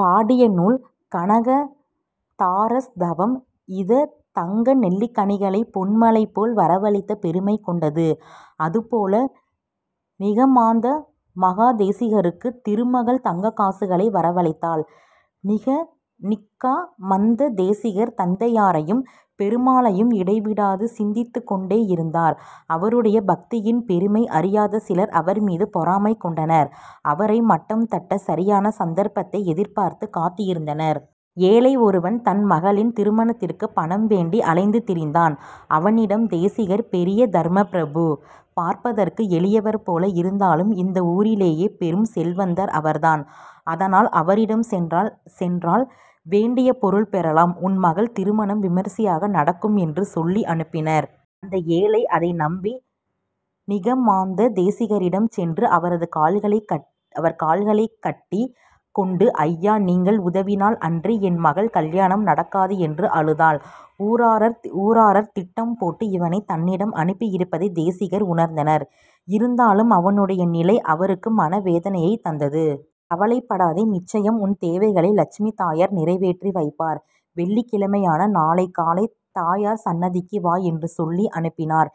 பாடிய நூல் கனகதாராஸ்தவம் இத தங்க நெல்லிக்கனிகளை பொன்மழைபோல் வரவழைத்த பெருமை கொண்டது. அதுபோல நிகமாந்த மகாதேசிகருக்கு திருமகள் தங்கக்காசுகளை வரவழைத்தாள். நிகாமந்த தேசிகர் தாயாரையும் பெருமாளையும் இடைவிடாது சிந்தித்துக் கொண்டே இருந்தார். அவருடைய பக்தியின் பெருமை அறியாத சிலர் அவர்மீது பொறாமை கொண்டனர். அவரை மட்டம் தட்ட சரியான சந்தர்ப்பத்தை எதிர்பார்த்து காத்திருந்தனர். ஏழை ஒருவன் தன் மகளின் திருமணத்திற்கு பணம் வேண்டி அலைந்து திரிந்தான். அவனிடம் தேசிகர் பெரிய தர்மப்பிரபு. பார்ப்பதற்கு எளியவர் போல இருந்தாலும் இந்த ஊரிலேயே பெரும் செல்வந்தர் அவர் தான். அதனால் அவரிடம் சென்றால் வேண்டிய பொருள் பெறலாம். உன் மகள் திருமணம் விமரிசையாக நடக்கும் என்று சொல்லி அனுப்பினர். அந்த ஏழை அதை நம்பி நிகமாந்த தேசிகரிடம் சென்று அவரது கால்களைக் கட்டிக் கொண்டு ஐயா! நீங்கள் உதவினால் அன்றி என் மகள் கல்யாணம் நடக்காது என்று அழுதான். ஊரார் திட்டம் போட்டு இவனை தன்னிடம் அனுப்பி இருப்பதை தேசிகர் உணர்ந்தார். இருந்தாலும் அவனுடைய நிலை அவருக்கு மனவேதனையைத் தந்தது. கவலைப்படாதே! நிச்சயம் உன் தேவைகளை லட்சுமி தாயார் நிறைவேற்றி வைப்பார். வெள்ளிக்கிழமையான நாளை காலை தாயார் சன்னதிக்கு வா என்று சொல்லி அனுப்பினார்.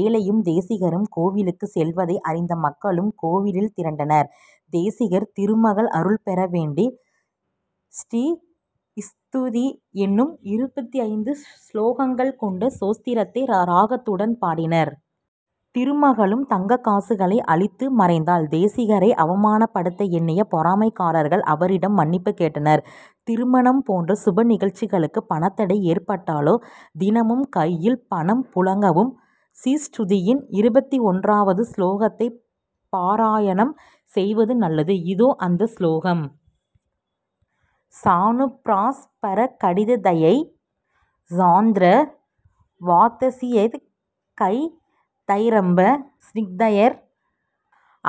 ஏழையும் தேசிகரும் கோயிலுக்குச் செல்வதை அறிந்த மக்களும் கோயிலில் திரண்டனர். தேசிகர் திருமகள் அருள் பெற வேண்டி ஸ்ரீஸ்துதி என்னும் இருபத்தைந்து ஸ்லோகங்கள் கொண்ட ஸ்தோத்திரத்தை ராகத்துடன் பாடினார். திருமகளும் தங்கக்காசுகளை அளித்து மறைந்தாள். தேசிகரை அவமானப்படுத்த எண்ணிய பொறாமைக்காரர்கள் அவரிடம் மன்னிப்பு கேட்டனர். திருமணம் போன்ற சுபநிகழ்ச்சிகளுக்கு பணத்தடை ஏற்பட்டாலோ தினமும் கையில் பணம் புழங்கவும் ஸ்ரீஸ்துதியின் இருபத்தொன்றாவது ஸ்லோகத்தைப் பாராயணம் செய்வது நல்லது. இதோ அந்த ஸ்லோகம். ஸானுப்ராஸப்ரகடிததயை ஸாந்த்ர வாத்ஸல்யதிக்தைரம்ப ஸ்நிக்தைர்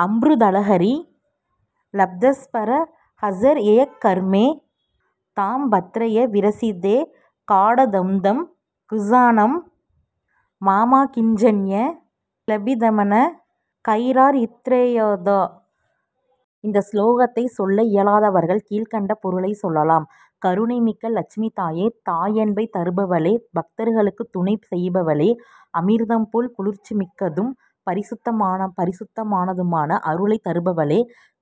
அம்ருதலஹரீ லப்தஸப்ரம்ஹசர்யைகர்மே தாபத்ரய விரசிதே காடதப்தம் க்ஷணம் மாமாகிஞ்சன்ய க்லபிதமன கைரார்த்ரயேதா!! இந்த ஸ்லோகத்தை சொல்ல இயலாதவர்கள் கீழ்க்கண்ட பொருளைச் சொல்லலாம். கருணை மிக்க லட்சுமி தாயே! தாயன்பைத் தருபவளே! பக்தர்களுக்கு துணை செய்பவளே! அமிர்தம் போல் குளிர்ச்சிமிக்கதும் பரிசுத்தமானதுமான அருளைத் தருபவளே!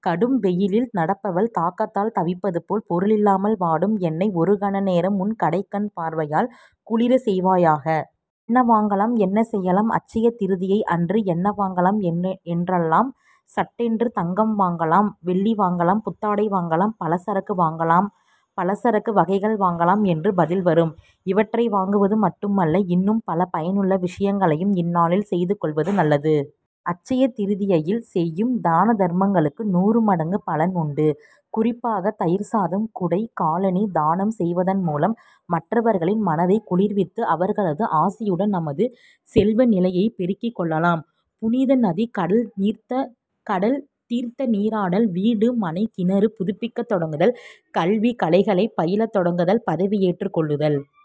கடும் வெயிலில் நடப்பவன் தாகத்தால் தவிப்பது போல் பொருளில்லாமல் வாடும் என்னை ஒரு கணநேரம் உன் கடைக்கண் பார்வையால் குளிரச் செய்வாயாக. என்ன வாங்கலாம்? என்ன செய்யலாம்? அட்சய திரிதியை அன்று என்ன வாங்கலாம் என்றால் சட்டென்று தங்கம் வாங்கலாம் வெள்ளி வாங்கலாம் புத்தாடை வாங்கலாம். பலசரக்கு வகைகள் வாங்கலாம் என்று பதில் வரும். இவற்றை வாங்குவது மட்டுமல்ல! இன்னும் பல பயனுள்ள விஷயங்களையும் இந்நாளில் செய்து கொள்வது நல்லது. அட்சயதிரிதியையில் செய்யும் தானதர்மங்களுக்கு நூறு மடங்கு பலன் உண்டு. குறிப்பாக தயிர்சாதம் குடை காலணி தானம் செய்வதன் மூலம் மற்றவர்களின் மனதைக் குளிர்வித்து அவர்களது ஆசியுடன் நமது செல்வநிலையைப் பெருக்கிக் கொள்ளலாம். புனித நதி கடல் தீர்த்தநீராடல் வீடு மனை கிணறு புதுப்பிக்கத் தொடங்குதல் கல்வி கலைகளைப் பயிலத் தொடங்குதல் பதவி ஏற்றுக் கொள்ளுதல்